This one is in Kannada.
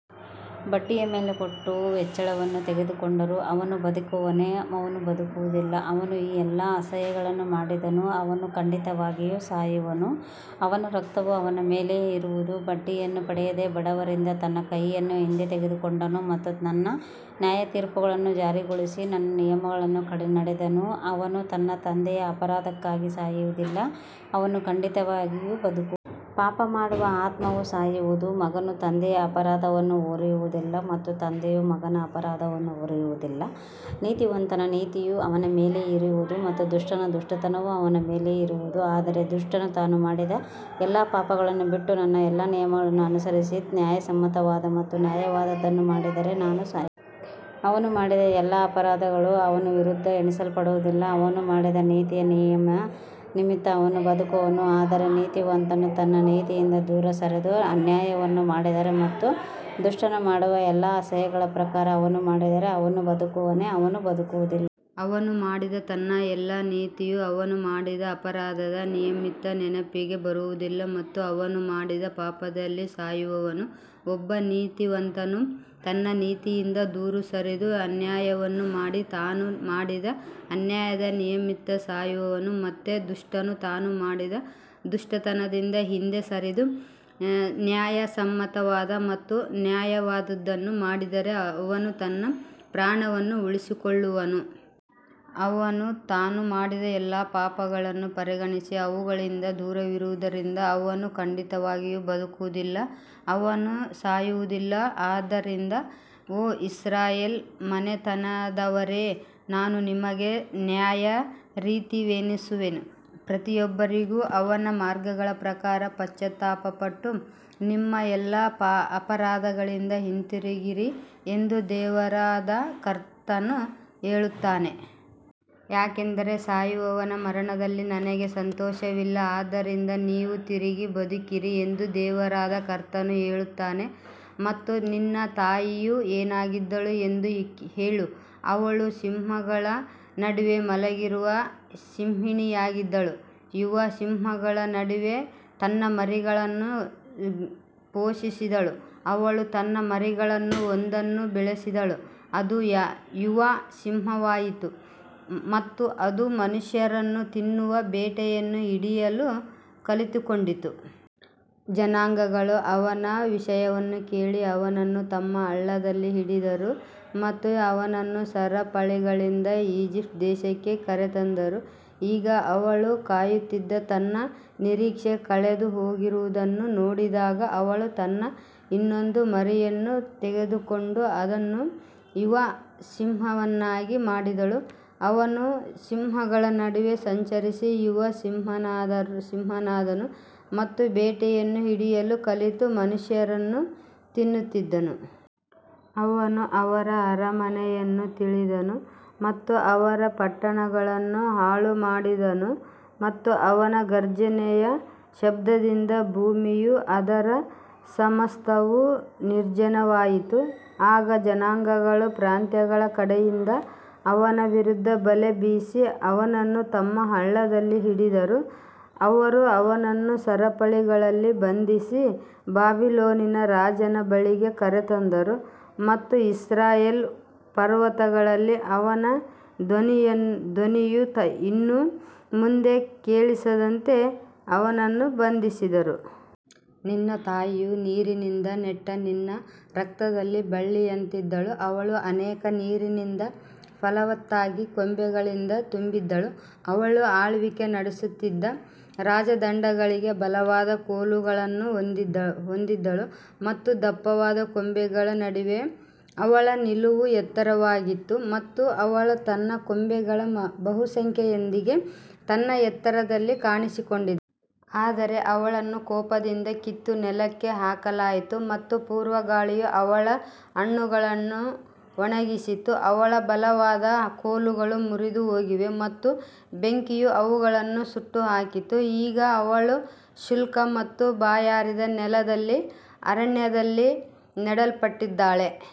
ಬಡ್ಡಿಯ ಮೇಲೆ ಕೊಟ್ಟು ಹೆಚ್ಚಳವನ್ನು ತೆಗೆದುಕೊಂಡನು, ಅವನು ಬದುಕುವನೇ, ಅವನು ಬದುಕುವುದಿಲ್ಲ. ಅವನು ಈ ಎಲ್ಲಾ ಅಸಹ್ಯಗಳನ್ನು ಮಾಡಿದನು, ಅವನು ಖಂಡಿತವಾಗಿಯೂ ಸಾಯುವನು, ಅವನ ರಕ್ತವು ಅವನ ಮೇಲೆಯೇ ಇರುವುದು. ಬಡ್ಡಿಯನ್ನು ಪಡೆಯದೆ ಬಡವರಿಂದ ತನ್ನ ಕೈಯನ್ನು ಹಿಂದೆ ತೆಗೆದುಕೊಂಡನು ಮತ್ತು ನನ್ನ ನ್ಯಾಯತೀರ್ಪುಗಳನ್ನು ಜಾರಿಗೊಳಿಸಿ ನನ್ನ ನಿಯಮಗಳಲ್ಲಿ ನಡೆದನು, ಅವನು ತನ್ನ ತಂದೆಯ ಅಪರಾಧಕ್ಕಾಗಿ ಸಾಯುವುದಿಲ್ಲ, ಅವನು ಖಂಡಿತವಾಗಿಯೂ ಬದುಕುವನು. ಪಾಪ ಮಾಡುವ ಆತ್ಮವು ಸಾಯುವುದು. ಮಗನು ತಂದೆಯ ಅಪರಾಧವನ್ನು ಹೊರುವುದಿಲ್ಲ ಮತ್ತು ತಂದೆಯು ಮಗನ ಅಪರಾಧವನ್ನು ಹೊರುವುದಿಲ್ಲ. ನೀತಿವಂತನ ನೀತಿಯು ಅವನ ಮೇಲೆಯೇ ಇರುವುದು ಮತ್ತು ದುಷ್ಟನ ದುಷ್ಟತನವು ಅವನ ಮೇಲೆಯೇ ಇರುವುದು. ಆದರೆ ದುಷ್ಟನು ತಾನು ಮಾಡಿದ ಎಲ್ಲಾ ಪಾಪಗಳನ್ನು ಬಿಟ್ಟು ನನ್ನ ಎಲ್ಲಾ ನಿಯಮಗಳನ್ನು ಅನುಸರಿಸಿ ನ್ಯಾಯಸಮ್ಮತವಾದ ಮತ್ತು ನ್ಯಾಯವಾದದ್ದನ್ನು ಮಾಡಿದರೆ ಅವನು ಸಾಯುವುದಿಲ್ಲ. ಅವನು ಮಾಡಿದ ಎಲ್ಲಾ ಅಪರಾಧಗಳು ಅವನ ವಿರುದ್ಧ ಎಣಿಸಲ್ಪಡುವುದಿಲ್ಲ, ಅವನು ಮಾಡಿದ ನೀತಿಯ ನಿಮಿತ್ತ ಅವನು ಬದುಕುವನು. ಆದರೆ ನೀತಿವಂತನು ತನ್ನ ನೀತಿಯಿಂದ ದೂರ ಸರಿದು ಅನ್ಯಾಯವನ್ನು ಮಾಡಿದರೆ ಮತ್ತು ದುಷ್ಟನು ಮಾಡುವ ಎಲ್ಲಾ ಅಸಹ್ಯಗಳ ಪ್ರಕಾರ ಅವನು ಮಾಡಿದರೆ, ಅವನು ಬದುಕುವನೇ, ಅವನು ಬದುಕುವುದಿಲ್ಲ. ಅವನು ಮಾಡಿದ ತನ್ನ ಎಲ್ಲಾ ನೀತಿಯು ಅವನು ಮಾಡಿದ ಅಪರಾಧದ ನಿಮಿತ್ತ ನೆನಪಿಗೆ ಬರುವುದಿಲ್ಲ ಮತ್ತು ಅವನು ಮಾಡಿದ ಪಾಪದಲ್ಲಿ ಸಾಯುವನು. ಒಬ್ಬ ನೀತಿವಂತನು ತನ್ನ ನೀತಿಯಿಂದ ದೂರ ಸರಿದು ಅನ್ಯಾಯವನ್ನು ಮಾಡಿ ತಾನು ಮಾಡಿದ ಅನ್ಯಾಯದ ನಿಮಿತ್ತ ಸಾಯುವನು. ಮತ್ತೆ ದುಷ್ಟನು ತಾನು ಮಾಡಿದ ದುಷ್ಟತನದಿಂದ ಹಿಂದೆ ಸರಿದು ನ್ಯಾಯಸಮ್ಮತವಾದ ಮತ್ತು ನ್ಯಾಯವಾದದ್ದನ್ನು ಮಾಡಿದರೆ ಅವನು ತನ್ನ ಪ್ರಾಣವನ್ನು ಉಳಿಸಿಕೊಳ್ಳುವನು. ಅವನು ತಾನು ಮಾಡಿದ ಎಲ್ಲಾ ಅಪರಾಧಗಳನ್ನು ಪರಿಗಣಿಸಿ ಅವುಗಳಿಂದ ದೂರವಿರುವುದರಿಂದ ಅವನು ಖಂಡಿತವಾಗಿಯೂ ಬದುಕುವನು, ಅವನು ಸಾಯುವುದಿಲ್ಲ. ಆದ್ದರಿಂದ ಓ ಇಸ್ರಾಯೇಲ್ ಮನೆತನದವರೇ, ನಾನು ನಿಮಗೆ ನ್ಯಾಯತೀರಿಸುವೆನು, ಪ್ರತಿಯೊಬ್ಬನಿಗೂ ಅವನ ಮಾರ್ಗಗಳ ಪ್ರಕಾರ. ಪಶ್ಚಾತ್ತಾಪಪಟ್ಟು ನಿಮ್ಮ ಎಲ್ಲಾ ಅಪರಾಧಗಳಿಂದ ಹಿಂತಿರುಗಿರಿ ಎಂದು ದೇವರಾದ ಕರ್ತನು ಹೇಳುತ್ತಾನೆ. ಯಾಕಂದರೆ ಸಾಯುವವನ ಮರಣದಲ್ಲಿ ನನಗೆ ಸಂತೋಷವಿಲ್ಲ, ಆದ್ದರಿಂದ ನೀವು ತಿರುಗಿ ಬದುಕಿರಿ ಎಂದು ದೇವರಾದ ಕರ್ತನು ಹೇಳುತ್ತಾನೆ. ಮತ್ತು ನಿನ್ನ ತಾಯಿಯು ಏನಾಗಿದ್ದಳು ಎಂದು ಹೇಳು, ಅವಳು ಸಿಂಹಗಳ ನಡುವೆ ಮಲಗಿರುವ ಸಿಂಹಿಣಿಯಾಗಿದ್ದಳು, ಯುವ ಸಿಂಹಗಳ ನಡುವೆ ತನ್ನ ಮರಿಗಳನ್ನು ಪೋಷಿಸಿದಳು. ಅವಳು ತನ್ನ ಮರಿಗಳಲ್ಲಿ ಒಂದನ್ನು ಬೆಳೆಸಿದಳು, ಅದು ಯುವ ಸಿಂಹವಾಯಿತು ಮತ್ತು ಅದು ಮನುಷ್ಯರನ್ನು ತಿನ್ನುವ ಬೇಟೆಯನ್ನು ಹಿಡಿಯಲು ಕಲಿತುಕೊಂಡಿತು. ಜನಾಂಗಗಳು ಅವನ ವಿಷಯವನ್ನು ಕೇಳಿ ಅವನನ್ನು ತಮ್ಮ ಹಳ್ಳದಲ್ಲಿ ಹಿಡಿದರು ಮತ್ತು ಅವನನ್ನು ಸರಪಳಿಗಳಿಂದ ಈಜಿಪ್ಟ್ ದೇಶಕ್ಕೆ ಕರೆತಂದರು. ಈಗ ಅವಳು ಕಾಯುತ್ತಿದ್ದು, ತನ್ನ ನಿರೀಕ್ಷೆ ಕಳೆದುಹೋಗಿರುವುದನ್ನು ನೋಡಿದಾಗ, ಅವಳು ತನ್ನ ಇನ್ನೊಂದು ಮರಿಯನ್ನು ತೆಗೆದುಕೊಂಡು ಅದನ್ನು ಯುವ ಸಿಂಹವನ್ನಾಗಿ ಮಾಡಿದಳು. ಅವನು ಸಿಂಹಗಳ ನಡುವೆ ಸಂಚರಿಸಿ, ಯುವ ಸಿಂಹನಾದನು ಮತ್ತು ಬೇಟೆಯನ್ನು ಹಿಡಿಯಲು ಕಲಿತು ಮನುಷ್ಯರನ್ನು ತಿನ್ನುತ್ತಿದ್ದನು. ಅವನು ಅವರ ಅರಮನೆಗಳನ್ನು ತಿಳಿದನು ಮತ್ತು ಅವರ ಪಟ್ಟಣಗಳನ್ನು ಹಾಳುಮಾಡಿದನು ಮತ್ತು ಅವನ ಘರ್ಜನೆಯ ಶಬ್ದದಿಂದ ಭೂಮಿಯೂ ಅದರ ಸಮಸ್ತವೂ ನಿರ್ಜನವಾಯಿತು. ಆಗ ಜನಾಂಗಗಳು ಪ್ರಾಂತ್ಯಗಳ ಕಡೆಯಿಂದ ಅವನ ವಿರುದ್ಧ ಬಲೆ ಬೀಸಿ ಅವನನ್ನು ತಮ್ಮ ಹಳ್ಳದಲ್ಲಿ ಹಿಡಿದರು. ಅವರು ಅವನನ್ನು ಸರಪಳಿಗಳಲ್ಲಿ ಬಂಧಿಸಿ ಬಾಬಿಲೋನಿನ ರಾಜನ ಬಳಿಗೆ ಕರೆತಂದರು ಮತ್ತು ಇಸ್ರಾಯೇಲ್ ಪರ್ವತಗಳಲ್ಲಿ ಅವನ ಧ್ವನಿಯು ಇನ್ನು ಮುಂದೆ ಕೇಳಿಸದಂತೆ ಅವನನ್ನು ಬಂಧಿಸಿದರು. ನಿನ್ನ ತಾಯಿಯು ನೀರಿನಿಂದ ನೆಟ್ಟ ನಿನ್ನ ರಕ್ತದಲ್ಲಿ ಬಳ್ಳಿಯಂತಿದ್ದಳು, ಅವಳು ಅನೇಕ ನೀರಿನಿಂದ ಫಲವತ್ತಾಗಿ ಕೊಂಬೆಗಳಿಂದ ತುಂಬಿದ್ದಳು. ಅವಳು ಆಳ್ವಿಕೆ ನಡೆಸುತ್ತಿದ್ದ ರಾಜದಂಡಗಳಿಗೆ ಬಲವಾದ ಕೋಲುಗಳನ್ನು ಹೊಂದಿದ್ದಳು ಮತ್ತು ದಪ್ಪವಾದ ಕೊಂಬೆಗಳ ನಡುವೆ ಅವಳ ನಿಲುವು ಎತ್ತರವಾಗಿತ್ತು ಮತ್ತು ಅವಳು ತನ್ನ ಕೊಂಬೆಗಳ ಬಹುಸಂಖ್ಯೆಯೊಂದಿಗೆ ತನ್ನ ಎತ್ತರದಲ್ಲಿ ಕಾಣಿಸಿಕೊಂಡಳು. ಆದರೆ ಅವಳನ್ನು ಕೋಪದಿಂದ ಕಿತ್ತು ನೆಲಕ್ಕೆ ಹಾಕಲಾಯಿತು ಮತ್ತು ಪೂರ್ವಗಾಳಿಯು ಅವಳ ಹಣ್ಣುಗಳನ್ನು ಒಣಗಿಸಿತು, ಅವಳ ಬಲವಾದ ಕೋಲುಗಳು ಮುರಿದುಹೋಗಿವೆ ಮತ್ತು ಬೆಂಕಿಯು ಅವುಗಳನ್ನು ಸುಟ್ಟುಹಾಕಿತು. ಈಗ ಅವಳು ಶುಷ್ಕ ಮತ್ತು ಬಾಯಾರಿದ ನೆಲದಲ್ಲಿ ಅರಣ್ಯದಲ್ಲಿ ನೆಡಲ್ಪಟ್ಟಿದ್ದಾಳೆ.